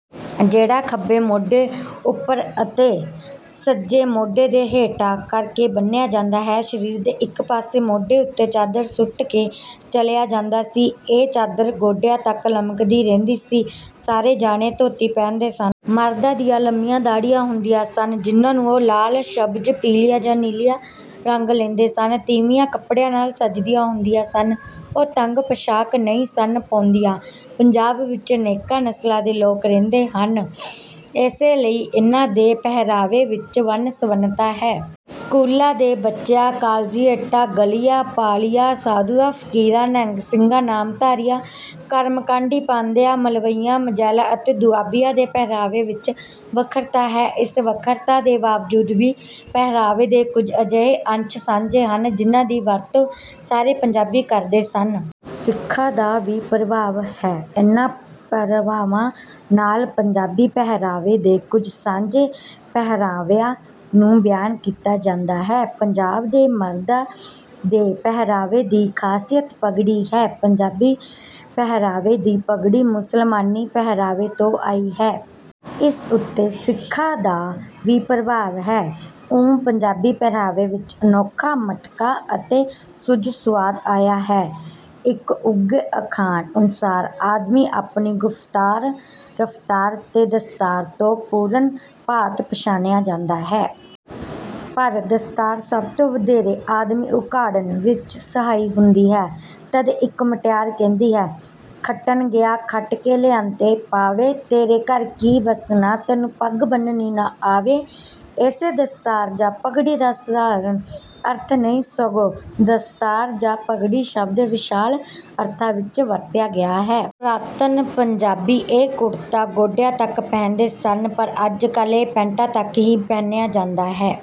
ਜਿਹੜਾ ਖੱਬੇ ਮੋਢੇ ਉੱਪਰ ਅਤੇ ਸੱਜੇ ਮੋਢੇ ਦੇ ਹੇਠਾਂ ਕਰਕੇ ਬੰਨ੍ਹਿਆ ਜਾਂਦਾ ਹੈ। ਸਰੀਰ ਦੇ ਇੱਕ ਪਾਸੇ ਮੋਢੇ ਉੱਤੇ ਚਾਦਰ ਸੁੱਟ ਕੇ ਚਲਿਆ ਜਾਂਦਾ ਸੀ। ਇਹ ਚਾਦਰ ਗੋਡਿਆਂ ਤੱਕ ਲਮਕਦੀ ਰਹਿੰਦੀ ਸੀ। ਸਾਰੇ ਜਣੇ ਧੋਤੀ ਪਹਿਨਦੇ ਸਨ। ਮਰਦਾਂ ਦੀਆਂ ਲੰਮੀਆਂ ਦਾੜ੍ਹੀਆਂ ਹੁੰਦੀਆਂ ਸਨ, ਜਿਨ੍ਹਾਂ ਨੂੰ ਉਹ ਲਾਲ, ਸ਼ਬਜ਼, ਪੀਲੀਆਂ ਜਾਂ ਨੀਲੀਆਂ ਰੰਗ ਲੈਂਦੇ ਸਨ। ਤੀਵੀਆਂ ਕੱਪੜਿਆਂ ਨਾਲ ਸੱਜੀਆਂ ਹੁੰਦੀਆਂ ਸਨ। ਉਹ ਤੰਗ ਪੁਸ਼ਾਕ ਨਹੀਂ ਸਨ ਪਾਉਂਦੀਆਂ। ਪੰਜਾਬ ਵਿੱਚ ਅਨੇਕਾਂ ਨਸਲਾਂ ਦੇ ਲੋਕ ਰਹਿੰਦੇ ਹਨ, ਇਸੇ ਲਈ ਇਹਨਾਂ ਦੇ ਪਹਿਰਾਵੇ ਵਿੱਚ ਵੰਨ-ਸੁਵੰਨਤਾ ਹੈ। ਸਕੂਲਾਂ ਦੇ ਬੱਚਿਆਂ, ਕਾਲਜੀਏਟਾਂ, ਗਲੀਆਂ, ਪਾਲੀਆਂ, ਸਾਧੂਆਂ, ਫ਼ਕੀਰਾਂ, ਨਿਹੰਗ ਸਿੰਘਾਂ, ਨਾਮਧਾਰੀਆਂ, ਕਰਮਕਾਂਡੀ ਪਾਂਧਿਆਂ, ਮਲਵਈਆਂ, ਮਝੈਲਾਂ ਅਤੇ ਦੁਆਬੀਆਂ ਦੇ ਪਹਿਰਾਵੇ ਵਿੱਚ ਵੱਖਰਤਾ ਹੈ। ਇਸ ਵੱਖਰਤਾ ਦੇ ਬਾਵਜੂਦ ਵੀ ਪਹਿਰਾਵੇ ਦੇ ਕੁਝ ਅਜਿਹੇ ਅੰਸ਼ ਸਾਂਝੇ ਹਨ, ਜਿਨ੍ਹਾਂ ਦੀ ਵਰਤੋਂ ਸਾਰੇ ਪੰਜਾਬੀ ਕਰਦੇ ਸਨ। ਸਿੱਖਾਂ ਦਾ ਵੀ ਪ੍ਰਭਾਵ ਹੈ। ਇਹਨਾਂ ਪ੍ਰਭਾਵਾਂ ਨਾਲ ਪੰਜਾਬੀ ਪਹਿਰਾਵੇ ਦੇ ਕੁਝ ਸਾਂਝੇ ਪਹਿਰਾਵਿਆਂ ਨੂੰ ਬਿਆਨ ਕੀਤਾ ਜਾਂਦਾ ਹੈ। ਪੰਜਾਬ ਦੇ ਮਰਦਾਂ ਦੇ ਪਹਿਰਾਵੇ ਦੀ ਖ਼ਾਸੀਅਤ ਪੱਗੜੀ ਹੈ। ਪੰਜਾਬੀ ਪਹਿਰਾਵੇ ਦੀ ਪੱਗੜੀ ਮੁਸਲਮਾਨੀ ਪਹਿਰਾਵੇ ਤੋਂ ਆਈ ਹੈ। ਇਸ ਉੱਤੇ ਸਿੱਖਾਂ ਦਾ ਵੀ ਪ੍ਰਭਾਵ ਹੈ। ਇਉਂ ਪੰਜਾਬੀ ਪਹਿਰਾਵੇ ਵਿੱਚ ਅਨੋਖਾ ਮਟਕਾ ਅਤੇ ਸੁਹਜ-ਸੁਆਦ ਆਇਆ ਹੈ। ਇੱਕ ਉੱਘੇ ਅਖਾਣ ਅਨੁਸਾਰ, ਆਦਮੀ ਆਪਣੀ “ਗੁਫ਼ਤਾਰ, ਰਫ਼ਤਾਰ ਤੇ ਦਸਤਾਰ” ਤੋਂ ਪੂਰਨ ਭਾਂਤ ਪਛਾਣਿਆ ਜਾਂਦਾ ਹੈ। ਪਰ ਦਸਤਾਰ ਸਭ ਤੋਂ ਵਧੇਰੇ ਆਦਮੀ ਉਘਾੜਨ ਵਿੱਚ ਸਹਾਈ ਹੁੰਦੀ ਹੈ। ਤਦੇ ਇੱਕ ਮੁਟਿਆਰ ਕਹਿੰਦੀ ਹੈ: “ਖੱਟਣ ਗਿਆ ਖੱਟ ਕੇ ਲਿਆਂਦੇ ਪਾਵੇ, ਤੇਰੇ ਘਰ ਕੀ ਵੱਸਣਾ, ਤੈਨੂੰ ਪੱਗ ਬੰਨ੍ਹਣੀ ਨਾ ਆਵੇ।” ਇੱਥੇ ਦਸਤਾਰ ਜਾਂ ਪੱਗੜੀ ਦਾ ਸਾਧਾਰਣ ਅਰਥ ਨਹੀਂ, ਸਗੋਂ ਦਸਤਾਰ ਜਾਂ ਪੱਗੜੀ ਸ਼ਬਦ ਵਿਸ਼ਾਲ ਅਰਥਾਂ ਵਿੱਚ ਵਰਤਿਆ ਗਿਆ ਹੈ। ਪੁਰਾਤਨ ਪੰਜਾਬੀ ਇਹ ਕੁੜਤਾ ਗੋਡਿਆਂ ਤੱਕ ਪਹਿਨਦੇ ਸਨ, ਪਰ ਅੱਜ-ਕੱਲ੍ਹ ਇਹ ਪੈਂਟਾਂ ਤੱਕ ਹੀ ਪਹਿਨਿਆ ਜਾਂਦਾ ਹੈ।